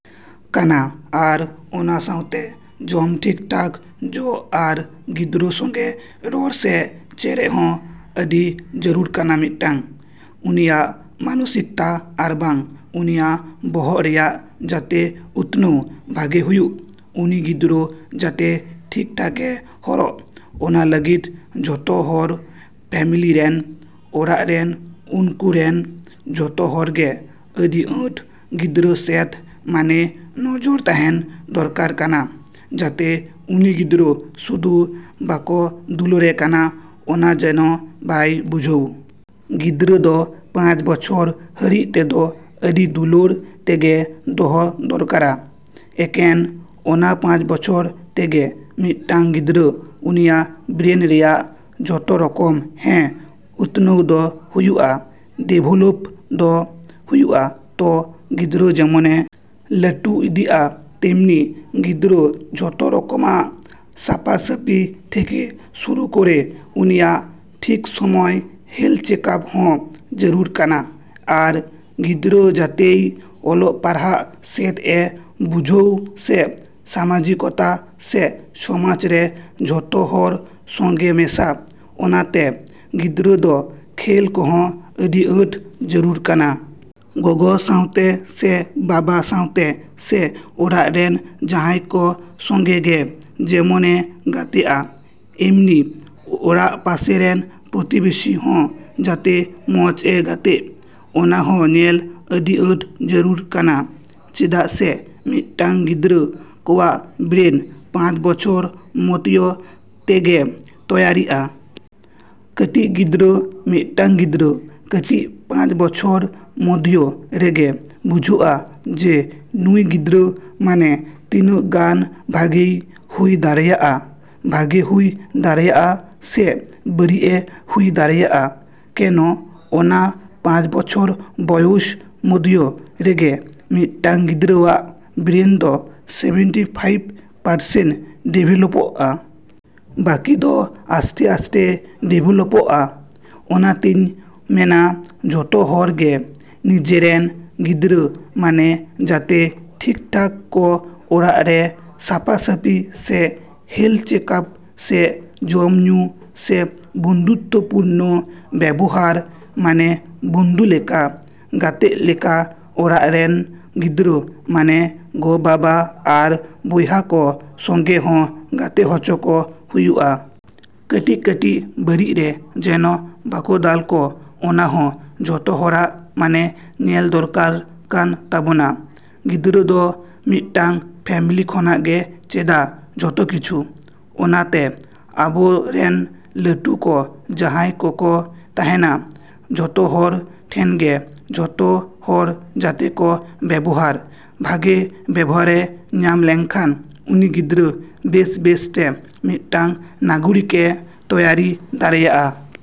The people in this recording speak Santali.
ᱠᱟᱱᱟ᱾ ᱟᱨ ᱚᱱᱟ ᱥᱟᱶᱛᱮ ᱡᱚᱢ ᱴᱷᱤᱠ ᱴᱷᱟᱠ ᱡᱚᱡ ᱟᱨ ᱜᱤᱫᱽᱨᱟᱹ ᱥᱚᱸᱜᱮ ᱨᱚᱲ ᱥᱮ ᱪᱮᱨᱮᱡ ᱦᱚᱸ ᱟᱹᱰᱤ ᱡᱟᱹᱨᱩᱲ ᱠᱟᱱᱟ ᱢᱤᱫᱴᱟᱹᱝ, ᱩᱱᱤᱭᱟᱜ ᱢᱟᱱᱚᱥᱤᱠᱛᱟ ᱟᱨᱵᱟᱝ ᱩᱱᱤᱭᱟᱜ ᱵᱚᱦᱚᱜ ᱨᱮᱭᱟᱜ ᱡᱟᱛᱮ ᱩᱛᱱᱟᱹᱣ ᱵᱷᱟᱜᱮ ᱦᱩᱭᱩᱜ, ᱩᱱᱤ ᱜᱤᱫᱽᱨᱟᱹ ᱡᱟᱛᱮ ᱴᱷᱤᱠ ᱴᱷᱟᱠᱮ ᱦᱚᱲᱚᱜ, ᱚᱱᱟ ᱞᱟᱹᱜᱤᱫ ᱡᱚᱛᱚ ᱦᱚᱲ ᱯᱷᱮᱢᱮᱞᱤ ᱨᱮᱱ, ᱚᱲᱟᱜ ᱨᱮᱱ ᱩᱱᱠᱩ ᱨᱮᱱ ᱡᱷᱚᱛᱚ ᱦᱚᱲ ᱜᱮ ᱟᱹᱰᱤ ᱟᱸᱴ ᱜᱤᱫᱽᱨᱟᱹ ᱥᱮᱫ ᱢᱟᱱᱮ ᱱᱚᱡᱚᱨ ᱛᱟᱦᱮᱱ ᱫᱚᱨᱠᱟᱨ ᱠᱟᱱᱟ ᱡᱟᱛᱮ ᱩᱱᱤ ᱜᱤᱫᱽᱨᱟᱹ ᱥᱩᱫᱩ ᱵᱟᱠᱚ ᱫᱩᱞᱟᱹᱲᱮ ᱠᱟᱱᱟ ᱚᱱᱟ ᱡᱮᱱᱚ ᱵᱟᱭ ᱵᱩᱡᱷᱟᱹᱣ᱾ ᱜᱤᱫᱽᱨᱟᱹ ᱫᱚ ᱯᱟᱸᱪ ᱵᱚᱪᱷᱚᱨ ᱦᱟᱹᱨᱤᱡ ᱛᱮᱫᱚ ᱟᱹᱰᱤ ᱫᱩᱞᱟᱹᱲ ᱛᱮᱜᱮ ᱫᱚᱦᱚ ᱫᱚᱨᱠᱟᱨᱟ, ᱮᱠᱮᱱ ᱚᱱᱟ ᱯᱟᱸᱪ ᱵᱚᱪᱷᱚᱨ ᱛᱮᱜᱮ ᱢᱤᱫᱴᱟᱹᱝ ᱜᱤᱫᱽᱨᱟᱹ ᱩᱱᱤᱭᱟᱜ ᱵᱨᱮᱱ ᱨᱮᱭᱟᱜ ᱡᱷᱚᱛᱚ ᱨᱚᱠᱚᱢ ᱦᱮᱸ ᱩᱛᱱᱟᱹᱣ ᱫᱚ ᱦᱩᱭᱩᱜᱼᱟ, ᱰᱮᱵᱷᱮᱞᱚᱯ ᱫᱚ ᱦᱩᱭᱩᱜᱼᱟ᱾ ᱛᱚ ᱜᱤᱫᱽᱨᱟᱹ ᱡᱮᱢᱚᱱᱮ ᱞᱟᱹᱴᱩ ᱤᱫᱤᱜᱼᱟ ᱛᱮᱢᱱᱤ ᱜᱤᱫᱽᱨᱟᱹ ᱡᱷᱚᱛᱚ ᱨᱚᱠᱚᱢᱟᱜ ᱥᱟᱯᱟ ᱥᱟᱯᱤ ᱛᱷᱮᱠᱮ ᱥᱩᱨᱩ ᱠᱚᱨᱮ ᱩᱱᱤᱭᱟᱜ ᱴᱷᱤᱠ ᱥᱚᱢᱚᱭ ᱦᱮᱞᱛᱷ ᱪᱮᱠᱟᱯ ᱦᱚᱸ ᱡᱟᱹᱨᱩᱲ ᱠᱟᱱᱟ ᱟᱨ ᱜᱤᱫᱽᱨᱟᱹ ᱡᱟᱛᱮᱭ ᱚᱞᱚᱜ ᱯᱟᱲᱦᱟᱜ ᱥᱮᱫ ᱮ ᱵᱩᱡᱷᱟᱹᱣ ᱥᱮ ᱥᱟᱢᱟᱡᱤᱠᱚᱛᱟ ᱥᱮ ᱥᱚᱢᱟᱡᱽ ᱨᱮ ᱡᱷᱚᱛᱚ ᱦᱚᱲ ᱥᱚᱸᱜᱮ ᱢᱮᱥᱟ, ᱚᱱᱟ ᱛᱮ ᱜᱤᱫᱽᱨᱟᱹ ᱫᱚ ᱠᱷᱮᱞ ᱠᱚᱦᱚᱸ ᱟᱹᱰᱤ ᱟᱸᱴ ᱡᱟᱹᱨᱩᱲ ᱠᱟᱱᱟ᱾ ᱜᱚᱜᱚ ᱥᱟᱶᱛᱮ ᱥᱮ ᱵᱟᱵᱟ ᱥᱟᱶᱛᱮ ᱥᱮ ᱚᱲᱟᱜ ᱨᱮᱱ ᱡᱟᱦᱟᱸᱭ ᱠᱚ ᱥᱚᱸᱜᱮ ᱜᱮ ᱡᱮᱢᱚᱱᱮ ᱜᱟᱛᱮᱜᱼᱟ, ᱮᱢᱱᱤ ᱚᱲᱟᱜ ᱯᱟᱥᱮ ᱨᱮᱱ ᱯᱨᱚᱛᱤᱵᱮᱥᱤ ᱦᱚᱸ ᱡᱟᱛᱮ ᱢᱚᱡᱽ ᱮ ᱜᱟᱛᱮᱜ, ᱚᱱᱟ ᱦᱚᱸ ᱧᱮᱞ ᱟᱹᱰᱤ ᱟᱸᱴ ᱡᱟᱹᱨᱩᱲ ᱠᱟᱱᱟ, ᱪᱮᱫᱟᱜ ᱥᱮ ᱢᱤᱫᱴᱟᱹᱝ ᱜᱤᱫᱽᱨᱟᱹ ᱠᱚᱣᱟᱜ ᱵᱨᱮᱱ ᱯᱟᱸᱪ ᱵᱚᱪᱷᱚᱨ ᱢᱚᱫᱷᱭᱚ ᱛᱮᱜᱮ ᱛᱚᱭᱟᱨᱤᱜᱼᱟ᱾ ᱠᱟᱹᱴᱤᱡ ᱜᱤᱫᱽᱨᱟᱹ, ᱢᱤᱫᱴᱟᱹᱝ ᱜᱤᱫᱽᱨᱟᱹ ᱠᱟᱹᱴᱤᱡ ᱯᱟᱸᱪ ᱵᱚᱪᱷᱚᱨ ᱢᱚᱫᱷᱭᱚ ᱨᱮᱜᱮ ᱵᱩᱡᱷᱟᱹᱜᱼᱟ ᱡᱮ ᱱᱩᱭ ᱜᱤᱫᱽᱨᱟᱹ ᱢᱟᱱᱮ ᱛᱤᱱᱟᱹᱜ ᱜᱟᱱ ᱵᱷᱟᱜᱮᱭ ᱦᱩᱭ ᱫᱟᱲᱮᱭᱟᱜᱼᱟ᱾ ᱵᱷᱟᱜᱮ ᱦᱩᱭ ᱫᱟᱲᱮᱭᱟᱜᱼᱟ ᱥᱮ ᱵᱟᱹᱲᱤᱡ ᱮ ᱦᱩᱭ ᱫᱟᱲᱮᱭᱟᱜᱼᱟ᱾ ᱠᱮᱱᱚ ᱚᱱᱟ ᱯᱟᱸᱪ ᱵᱚᱪᱷᱚᱨ ᱵᱚᱭᱮᱥ ᱢᱚᱫᱷᱭᱚ ᱨᱮᱜᱮ ᱢᱤᱫᱴᱟᱹᱝ ᱜᱤᱫᱽᱨᱟᱹᱣᱟᱜ ᱵᱨᱮᱱ ᱫᱚ ᱥᱮᱵᱷᱮᱱᱴᱤ ᱯᱷᱟᱭᱤᱵᱽ ᱯᱟᱨᱥᱮᱱᱴ ᱰᱮᱵᱷᱮᱞᱚᱯᱚᱜᱼᱟ᱾ ᱵᱟᱠᱤ ᱫᱚ ᱟᱥᱛᱮᱼᱟᱥᱛᱮ ᱰᱮᱵᱷᱮᱞᱚᱯᱚᱜᱼᱟ, ᱚᱱᱟᱛᱮᱧ ᱢᱮᱱᱟ ᱡᱷᱚᱛᱚ ᱦᱚᱲ ᱜᱮ ᱱᱤᱡᱮᱨᱮᱱ ᱜᱤᱫᱽᱨᱟᱹ ᱢᱟᱱᱮ ᱡᱟᱛᱮ ᱴᱷᱤᱠ ᱴᱷᱟᱠ ᱠᱚ ᱚᱲᱟᱜ ᱨᱮ ᱥᱟᱯᱟ ᱥᱟᱯᱤ ᱥᱮ ᱦᱮᱞᱛᱷ ᱪᱮᱠᱟᱯ ᱥᱮ ᱡᱚᱢ ᱧᱩ ᱥᱮ ᱵᱚᱱᱫᱷᱩᱛᱛᱚ ᱯᱩᱨᱱᱚ ᱵᱮᱵᱚᱦᱟᱨ ᱢᱟᱱᱮ ᱵᱚᱱᱫᱷᱩ ᱞᱮᱠᱟ, ᱜᱟᱛᱮᱜ ᱞᱮᱠᱟ ᱚᱲᱟᱜ ᱨᱮᱱ ᱜᱤᱫᱽᱨᱟᱹ ᱢᱟᱱᱮ ᱜᱚ ᱵᱟᱵᱟ ᱟᱨ ᱵᱚᱭᱦᱟ ᱠᱚ ᱥᱚᱸᱜᱮ ᱦᱚᱸ ᱜᱟᱛᱮ ᱦᱚᱪᱚ ᱠᱚ ᱦᱩᱭᱩᱜᱼᱟ᱾ ᱠᱟᱹᱴᱤᱡᱼᱠᱟᱹᱴᱤᱡ ᱵᱟᱹᱲᱤᱡ ᱨᱮ ᱡᱮᱱᱚ ᱵᱟᱠᱚ ᱫᱟᱞ ᱠᱚ ᱚᱱᱟ ᱦᱚᱸ ᱡᱷᱚᱛᱚ ᱦᱚᱲᱟᱜ ᱢᱟᱱᱮ, ᱧᱮᱞ ᱫᱚᱨᱠᱟᱨ ᱠᱟᱱ ᱛᱟᱵᱚᱱᱟ, ᱜᱤᱫᱽᱨᱟᱹ ᱫᱚ ᱢᱤᱫᱴᱟᱹᱝ ᱯᱷᱮᱢᱮᱞᱤ ᱠᱷᱚᱱᱟᱜ ᱜᱮ ᱪᱮᱫᱟ ᱡᱚᱛᱚ ᱠᱤᱪᱷᱩ, ᱚᱱᱟ ᱛᱮ ᱟᱵᱚ ᱨᱮᱱ ᱞᱟᱹᱴᱩ ᱠᱚ ᱡᱟᱦᱟᱸᱭ ᱠᱚᱠᱚ ᱛᱟᱦᱮᱱᱟ ᱡᱷᱚᱛᱚ ᱦᱚᱲ ᱴᱷᱮᱱ ᱜᱮ ᱡᱷᱚᱛᱚ ᱦᱚᱲ ᱡᱟᱛᱮ ᱠᱚ ᱵᱮᱵᱚᱦᱟᱨ, ᱵᱷᱟᱜᱮ ᱵᱮᱵᱚᱦᱟᱨᱮ ᱧᱟᱢ ᱞᱮᱠᱷᱟᱱ ᱩᱱᱤ ᱜᱤᱫᱽᱨᱟᱹ ᱵᱮᱥ, ᱵᱮᱥ ᱛᱮ ᱢᱤᱫᱴᱟᱹᱝ ᱱᱟᱜᱚᱨᱤᱠᱮ ᱛᱚᱭᱟᱨᱤ ᱫᱟᱲᱮᱭᱟᱜᱼᱟ᱾